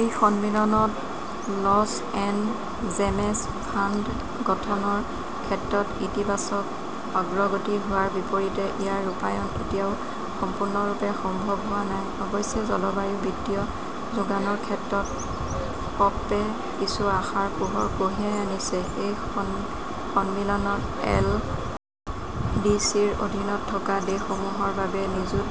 এই সন্মিলনত loss and damage fund গঠনৰ ক্ষেত্ৰত ইতিবাচক অগ্ৰগতি হোৱাৰ বিপৰীতে ইয়াৰ ৰূপায়ণ এতিয়াও সম্পূৰ্ণৰূপে সম্ভৱ হোৱা নাই। অৱশ্যে জলবায়ু বিত্তীয় যোগানৰ ক্ষেত্ৰত কপ- -এ কিছু আশাৰ পোহৰ কঢ়িয়াই আনিছে। এই সন্মিলনত এল. ডি. চি. -ৰ অধীনত থকা দেশসমূহৰ বাবে নিযুত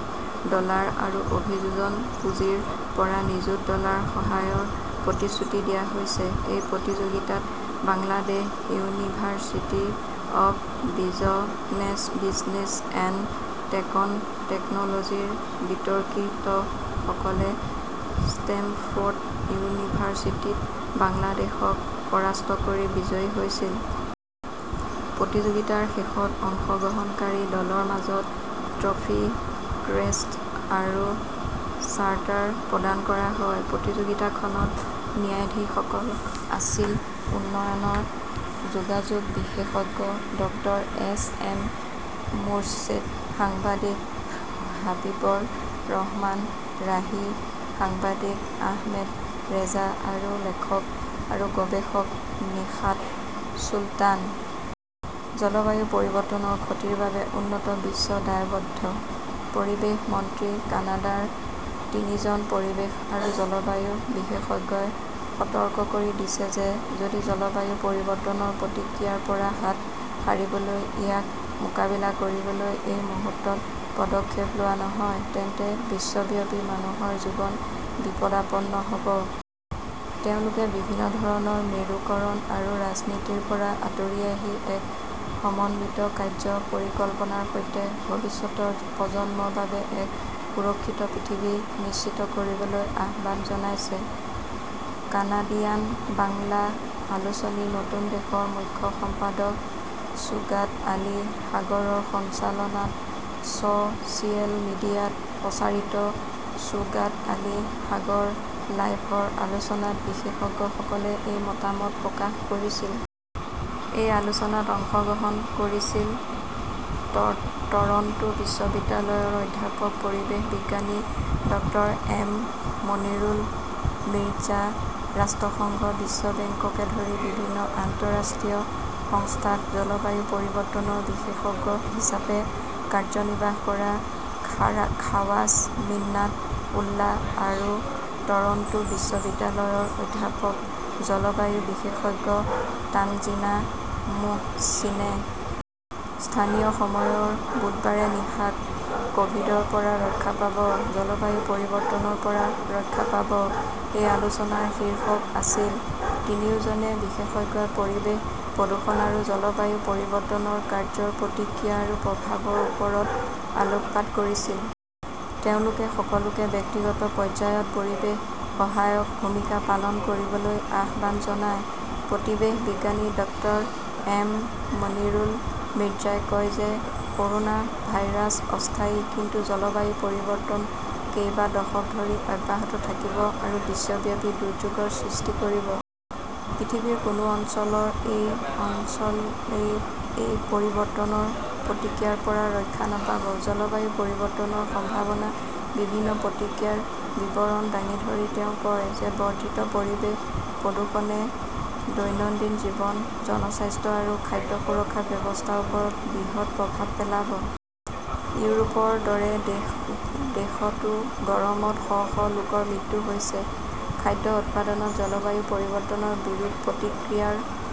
ডলাৰ আৰু অভিযোজন পুঁজিৰ পৰা নিযুত ডলাৰৰ সহায়ৰ প্ৰতিশ্ৰুতি দিয়া হৈছে। এই প্ৰতিযোগিতাত Bangladesh university of business and টেকন 'লজিৰ বিতৰ্কিতসকলে ষ্টেমফৰ্ড ইউনিভাৰ্চিটিক বাংলাদেশক পৰাস্ত কৰি বিজয়ী হৈছিল। প্ৰতিযোগিতাৰ শেষত অংশগ্ৰহণকাৰী দলৰ মাজত ট্ৰফী, ক্ৰেষ্ট আৰু চাৰ্টাৰ প্ৰদান কৰা হয়। প্ৰতিযোগিতাখনত ন্যায়াধীশসকল আছিল-উন্নয়ন যোগাযোগ বিশেষজ্ঞ ড এছ. এম. মোৰশ্বেদ, সাংবাদিক হাবিবৰ ৰহমান ৰাহি, সাংবাদিক আহমেদ ৰেজা আৰু লেখক আৰু গৱেষক নিশাত চুলতান। জলবায়ু পৰিৱৰ্তনৰ ক্ষতিৰ বাবে উন্নত বিশ্ব দায়বদ্ধঃ পৰিৱেশ মন্ত্ৰী কানাডাৰ তিনিজন পৰিৱেশ আৰু জলবায়ু বিশেষজ্ঞই সতৰ্ক কৰি দিছে যে যদি জলবায়ু পৰিৱৰ্তনৰ প্ৰতিক্ৰিয়াৰ পৰা হাত সাৰিবলৈ ইয়াক মোকাবিলা কৰিবলৈ এই মুহূৰ্তত পদক্ষেপ লোৱা নহয় তেন্তে বিশ্বব্যাপী মানুহৰ জীৱন বিপদাপন্ন হ 'ব। তেওঁলোকে বিভিন্ন ধৰণৰ মেৰুকৰণ আৰু ৰাজনীতিৰ পৰা আঁতৰি আহি এক সমন্বিত কাৰ্য্য পৰিকল্পনাৰ সৈতে ভৱিষ্যতৰ প্ৰজন্মৰ বাবে এক সুৰক্ষিত পৃথিৱী নিশ্চিত কৰিবলৈ আহ্বান জনাইছে। কানাডিয়ান বাংলা আলোচনী নতুন দেশৰ মুখ্য সম্পাদক শ্বোগাট আলী সাগৰৰ সঞ্চালনাত ছ "চিয়েল মিডিয়াত প্ৰচাৰিত শ্বোগাট আলী সাগৰ লাইভৰ আলোচনাত বিশেষজ্ঞসকলে এই মতামত প্ৰকাশ কৰিছিল। এই আলোচনাত অংশগ্ৰহণ কৰিছিল টৰন্টো বিশ্ববিদ্যালয়ৰ অধ্যাপক পৰিৱেশ বিজ্ঞানী ড এম. মনিৰুল মিৰ্জা, ৰাষ্ট্ৰসংঘ, বিশ্ব বেংককে ধৰি বিভিন্ন আন্তঃৰাষ্ট্ৰীয় সংস্থাত জলবায়ু পৰিৱৰ্তনৰ বিশেষজ্ঞ হিচাপে কাৰ্যনিৰ্বাহ কৰা খাৱাজা মিন্নাট উল্লা আৰু টৰন্টো বিশ্ববিদ্যালয়ৰ অধ্যাপক জলবায়ু বিশেষজ্ঞ তানজিনা মোহচিনে। স্থানীয় সময়ৰ বুধবাৰে নিশা 'ক "ভিডৰ পৰা ৰক্ষা পাব, জলবায়ু পৰিৱৰ্তনৰ পৰা ৰক্ষা পাব! " এই আলোচনাৰ শীৰ্ষক আছিল '। তিনিওজন বিশেষজ্ঞই পৰিৱেশ প্ৰদূষণ আৰু জলবায়ু পৰিৱৰ্তনৰ কাৰ্য্যৰ প্ৰতিক্ৰিয়া আৰু প্ৰভাৱৰৰ ওপৰত আলোকপাত কৰিছিল। তেওঁলোকে সকলোকে ব্যক্তিগত পৰ্যায়ত পৰিৱেশ সহায়ক ভূমিকা পালন কৰিবলৈ আহ্বান জনায়। পৰিৱেশ বিজ্ঞানী ডাঃ এম মনিৰুল মিৰ্জাই কয় যে কৰ 'না ভাইৰাছ অস্থায়ী কিন্তু জলবায়ু পৰিৱৰ্তন কেইবা দশক ধৰি অব্যাহত থাকিব আৰু বিশ্বব্যাপী দুৰ্যোগৰ সৃষ্টি কৰিব। পৃথিৱীৰ কোনো অঞ্চলই এই পৰিৱৰ্তনৰ প্ৰতিক্ৰিয়াৰ পৰা ৰক্ষা নাপাব। জলবায়ু পৰিৱৰ্তনৰ সম্ভাৱ্য বিভিন্ন প্ৰতিক্ৰিয়াৰ বিৱৰণ দাঙি ধৰি তেওঁ কয় যে বৰ্ধিত পৰিৱেশ প্ৰদূষণে দৈনন্দিন জীৱন, জনস্বাস্থ্য আৰু খাদ্য সুৰক্ষা ব্যৱস্থাৰ ওপৰত বৃহৎ প্ৰভাৱ পেলাব। ইউৰোপৰ দৰে দেশতও গৰমত শ শ লোকৰ মৃত্যু হৈছে। খাদ্য উৎপাদনত জলবায়ু পৰিৱৰ্তনৰ বিৰূপ প্ৰতিক্ৰিয়াৰ